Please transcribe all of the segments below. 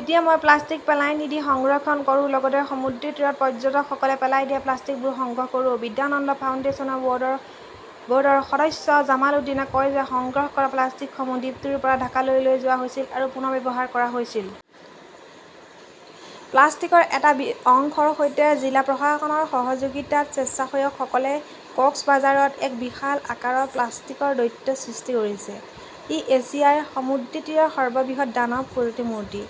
এতিয়া মই প্লাষ্টিক পেলাই নিদি সংৰক্ষণ কৰো, লগতে সমুদ্ৰতীৰত পৰ্যটকসকলে পেলাই দিয়া প্লাষ্টিকবোৰ সংগ্ৰহ কৰো, বিদ্যানন্দ ফাউণ্ডেশ্যনৰ বৰ্ডৰ সদস্য জামাল উদ্দিনে কয় যে সংগ্ৰহ কৰা প্লাষ্টিকসমূহ দ্বীপটোৰ পৰা ঢাকালৈ লৈ যোৱা হৈছিল আৰু পুনৰ্ব্যৱহাৰ কৰা হৈছিল। প্লাষ্টিকৰ এটা অংশৰ সৈতে জিলা প্ৰশাসনৰ সহযোগিতাত স্বেচ্ছাসেৱকসকলে কক্সবাজাৰত এক বিশাল আকাৰৰ 'প্লাষ্টিক দৈত্য' সৃষ্টি কৰিছে। ই এছিয়াৰ সমুদ্ৰতীৰৰ সৰ্ববৃহৎ দানৱ প্ৰতিমূৰ্তি।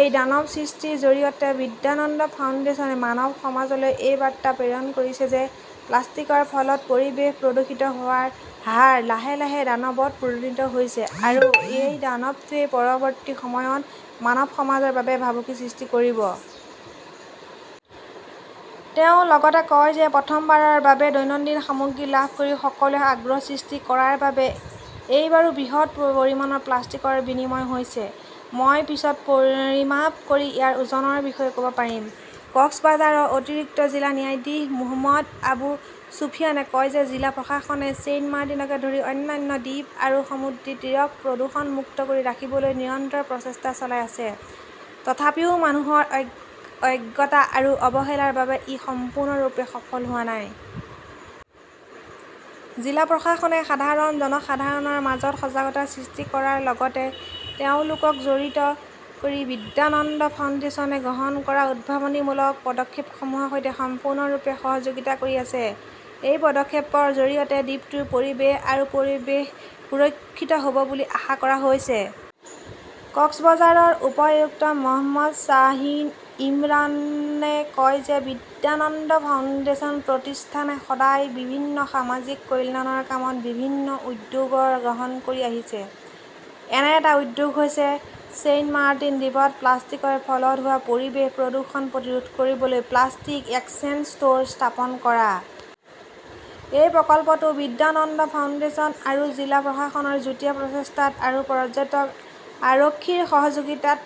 এই দানৱ সৃষ্টিৰ জৰিয়তে বিদ্যানন্দ ফাউণ্ডেচনে মানৱ সমাজলৈ এই বাৰ্তা প্ৰেৰণ কৰিছে যে প্লাষ্টিকৰ ফলত পৰিৱেশ প্ৰদূষিত হোৱাৰ হাৰ লাহে লাহে দানৱত পৰিণত হৈছে আৰু এই দানৱটোৱে পৰৱৰ্তী সময়ত মানৱ সমাজৰ বাবে ভাবুকিৰ সৃষ্টি কৰিব। তেওঁ লগতে কয় যে প্ৰথমবাৰৰ বাবে দৈনন্দিন সামগ্ৰী লাভ কৰি সকলোৰে আগ্ৰহ বৃদ্ধি কৰাৰ বাবে এইবাৰো বৃহৎ পৰিমাণৰ প্লাষ্টিকৰ বিনিময় হৈছে। মই পিছত পৰিমাপ কৰি ইয়াৰ ওজনৰ বিষয়ে ক 'ব পাৰিম। কক্সবাজাৰৰ অতিৰিক্ত জিলা ন্যায়াধীশ মোহম্মদ আবু ছুফিয়ানে কয় যে জিলা প্ৰশাসনে ছেইণ্টমাৰ্টিনকে ধৰি অন্যান্য দ্বীপ আৰু সমুদ্ৰতীৰক প্ৰদূষণমুক্ত কৰি ৰাখিবলৈ নিৰন্তৰ প্ৰচেষ্টা চলাই আছে, তথাপিও মানুহৰ অজ্ঞতা আৰু অৱহেলাৰ বাবে ই সম্পূৰ্ণৰূপে সফল হোৱা নাই। জিলা প্ৰশাসনে সাধাৰণ জনসাধাৰণৰ মাজত সজাগতা সৃষ্টি কৰাৰ লগতে তেওঁলোকক জড়িত কৰি বিদ্যানন্দ ফাউণ্ডেচনে গ্ৰহণ কৰা উদ্ভাৱনীমূলক পদক্ষেপসমূহৰ সৈতে সম্পূৰ্ণৰূপে সহযোগিতা কৰি আছে। এই পদক্ষেপৰ জৰিয়তে দ্বীপটোৰ পৰিৱেশ আৰু পৰিৱেশ সুৰক্ষিত হব বুলি আশা কৰা হৈছে। কক্সবাজাৰৰ উপ-আয়ুক্ত মহম্মদ শ্বাহিন ইমৰানে কয় যে বিদ্যানন্দ ফাউণ্ডেশ্যন প্ৰতিষ্ঠানে সদায় বিভিন্ন সামাজিক কল্যাণৰ কামত বিভিন্ন উদ্যোগ গ্ৰহণ কৰি আহিছে। এনে এটা উদ্যোগ হৈছে ছেইণ্টমাৰ্টিন দ্বীপত প্লাষ্টিকৰ ফলত হোৱা পৰিৱেশ প্ৰদূষণ প্ৰতিৰোধ কৰিবলৈ 'প্লাষ্টিক এক্সচেঞ্জ ষ্ট'ৰ স্থাপন কৰা। এই প্ৰকল্পটো বিদ্যানন্দ ফাউণ্ডেশ্যন আৰু জিলা প্ৰশাসনৰ যুটীয়া প্ৰচেষ্টাত আৰু পৰ্যটক আৰক্ষীৰ সহযোগিতাত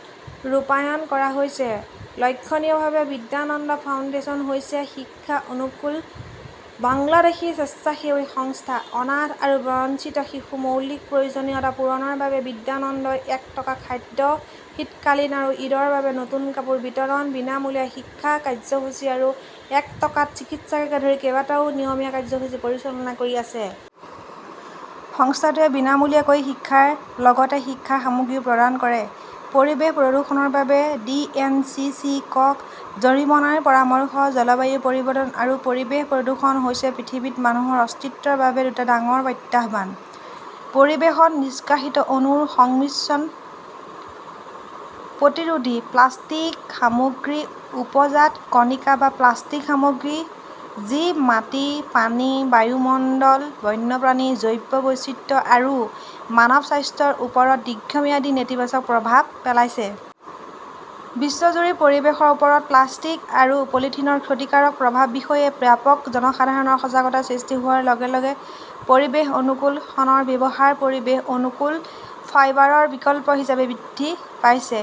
ৰূপায়ণ কৰা হৈছে। লক্ষণীয়ভাৱে বিদ্যানন্দ ফাউণ্ডেশ্যন হৈছে, শিক্ষা অনুকূল বাংলাদেশী স্বেচ্ছাসেৱী সংস্থা। অনাথ আৰু বঞ্চিত শিশুৰ মৌলিক প্ৰয়োজনীয়তা পূৰণৰ বাবে বিদ্যানন্দই এক টকাত খাদ্য, শীতকালীন আৰু ঈদৰ বাবে নতুন কাপোৰ বিতৰণ, বিনামূলীয়া শিক্ষা কাৰ্যসূচী আৰু এক টকাত চিকিৎসাকে ধৰি কেইবাটাও নিয়মীয়া কাৰ্যসূচী পৰিচালনা কৰি আছে। সংস্থাটোৱে বিনামূলীয়া শিক্ষাৰ লগতে শিক্ষাৰ সামগ্ৰীও প্ৰদান কৰে। পৰিৱেশ প্ৰদূষণৰ বাবে ডি. এন. চি. চি. -ক জৰিমনাৰ পৰামৰ্শ জলবায়ু পৰিৱৰ্তন আৰু পৰিৱেশ প্ৰদূষণ হৈছে পৃথিৱীত মানুহৰ অস্তিত্বৰ বাবে দুটা ডাঙৰ প্ৰত্যাহ্বান। পৰিৱেশত নিষ্কাশিত অণুৰ সংমিশ্ৰণ প্ৰতিৰোধী প্লাষ্টিক সামগ্ৰী, উপজাত, কণিকা বা প্লাষ্টিক সামগ্ৰী, যি মাটি, পানী, বায়ুমণ্ডল, বন্যপ্ৰাণী, জৈৱ বৈচিত্ৰ্য আৰু মানৱ স্বাস্থ্যৰ ওপৰত দীৰ্ঘম্যাদী নেতিবাচক প্ৰভাৱ পেলাইছে। বিশ্বজুৰি পৰিৱেশৰ ওপৰত প্লাষ্টিক আৰু পলিথিনৰ ক্ষতিকাৰক প্ৰভাৱৰ বিষয়ে ব্যাপক জনসাধাৰণৰ সজাগতাৰ সৃষ্টি হোৱাৰ লগে লগে পৰিৱেশ-অনুকূল শণৰ ব্যৱহাৰ পৰিৱেশ-অনুকূল ফাইবাৰৰ বিকল্প হিচাপে বৃদ্ধি পাইছে।